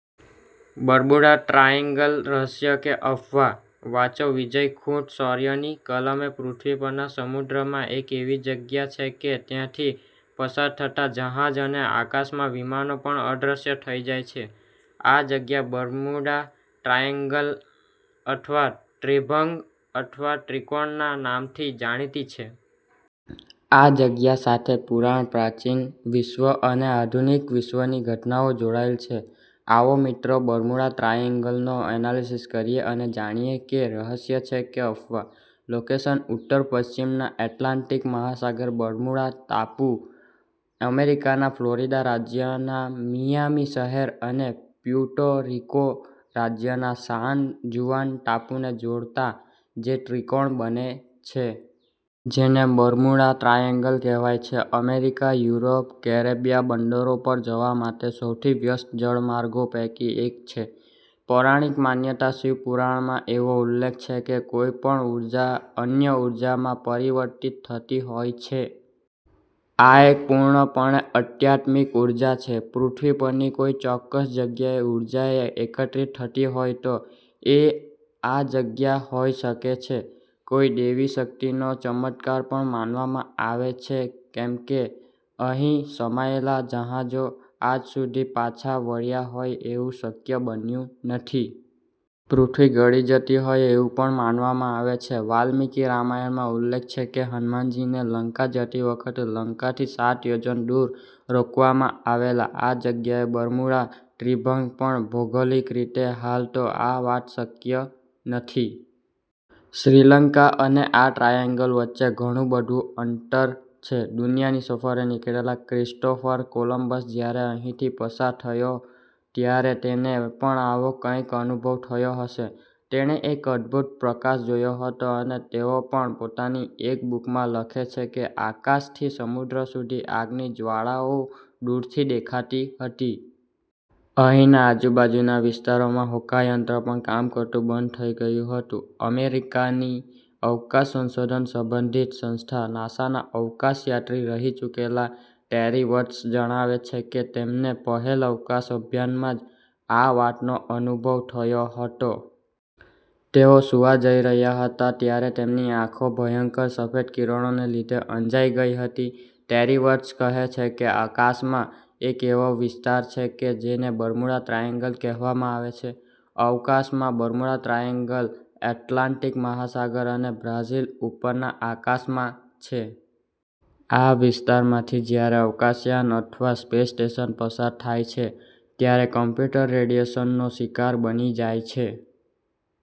Bermuda triangle રહસ્ય કે અફવા? વાંચો વિજય ખૂંટ "શોર્ય" ની કલમે પૃથ્વી પર સમુદ્રમાં એક એવી જગ્યા છે કે ત્યાથી પસાર થતા જહાજ અને આકાશના વિમાનો પણ અદ્રશ્ય થઇ જાય છે. આ જગ્યા બર્મુડા ટ્રાયેન્ગલ અથવા ત્રિભંગ અથવા ત્રિકોણના નામથી જાણીતી છે. આ જગ્યા સાથે પુરાણ, પ્રાચીન વિશ્વ અને આધુનીક વિશ્વની ઘટનાઓ જોડાયેલ છે. આવો મિત્રો બર્મુડા ટ્રાયેન્ગલનો એનાલીસીસ કરીએ અને જાણીએ કે રહસ્ય છે કે અફવા .લોકેશન ઉત્તર પશ્ચિમ એટલાન્ટીક મહાસાગર બર્મુડા ટાપુ, અમેરીકાના ફ્લોરિડા રાજ્યના મિયામી શહેર અને પ્યુર્ટો રીકો રાજ્યના સાન જુઆન ટાપૂ ને જોડતા જે ત્રીકોણ બને છે. જેને બર્મુડા ટ્રાએન્ગલ કહેવાય છે. અમેરીકા, યુરોપ, કેરેબિયા બંદરો પર જવા માટે સૌથી વ્યસ્ત જળમાર્ગો પેકી એક છે. પૌરાણીક માન્યતા શિવપુરાણમાં એવો ઉલ્લેખ છે કે કોઇ પણ ઉર્જા અન્ય ઉર્જામાં પરિવર્તિત થતી હોય છે. આ એક પુર્ણપણે આધ્યાત્મિક ઉર્જા છે. પૃથ્વી પરની કોઇ ચોક્કસ જગ્યાએ ઉર્જાએ એકત્રિત થતી હોય તો, એ આ જગ્યા હોઇ શકે છે. કોઇ દૈવી શક્તિનો ચમત્કાર પણ માનવામાં આવે છે કેમ કે અહિ સમાયેલા જહાજો આજ સુધી પાછા વળ્યાહોય એવુ શક્ય બન્યુ નથી. પૃથ્વી ગળી જતી હોય એવુ પણ માનવામાં આવે છે. વાલ્મીકી રામાયણમાં ઉલ્લેખ છે કે હનુમાનજીને લંકા જતી વખતે લંકાથી સાત યોજન દુર રોકવામાં આવેલા આ જગ્યાએ બર્મુડા ત્રિભંગ ,પણ ભૌગોલીક રીતે હાલ તો આ વાત શક્ય નથી. શ્રીલંકા અને આ ટ્રાયેન્ગલ વચ્ચે ઘણુ બધુ અંતર છે. દુનિયાની સફરે નિકળેલા ક્રિસ્ટોફર કોલંબસ જ્યારે અહિથી પસાર થયો ત્યારે તેને પણ આવો કઈક અનુભવ થયો હશે. તેણે એક અદ્રભુત પ્રકાશ જોયો હતો અને તેઓ પણ પોતાની એક બુકમાં લખે છે આકાશ થી સમુદ્ર સુધી આગની જવાળાઓ દુરથી દેખાતી હતી. અહિના આજુબાજુના વિસ્તારોમાં હોકાયંત્ર પણ કામ કરતુ બંધ થઇ ગયુ હતુ. અમેરીકાની અવકાશ સંશોધન સંબંધિત સંસ્થા નાસાના અવકાશયાત્રી રહિ ચુકેલા ટેરી વર્ટસ જણાવે છે કે તેમને પહેલ અવકાશ અભિયાનમાં જ આ વાતનો અનુભવ થયો હતો. તેઓ સુવા જઈ રહ્યા હતા. ત્યારે તેમની આંખો ભયંકર સફેદ કિરણોને લીધે અંજાઇ ગઇ હતી. ટેરી વર્ટસ કહે છે કે આકાશમાં એક એવો વિસ્તાર છે કે, જેને બર્મુડા ટ્રાઇએન્ગલ કહેવામાં આવે છે. અવકાશમાં બર્મુડા ટ્રાઇએન્ગલ એટલાન્ટિક મહાસાગર અને બ્રાઝીલ ઉપરના આકાશમાં છે. આ વિસ્તારમાંથી જ્યારે અવકાશયાન અથવા સ્પેશ સ્ટેશન પસાર થાય છે. ત્યારે કમ્પ્યુટર રેડિએશનનો શિકાર બની જાય છે.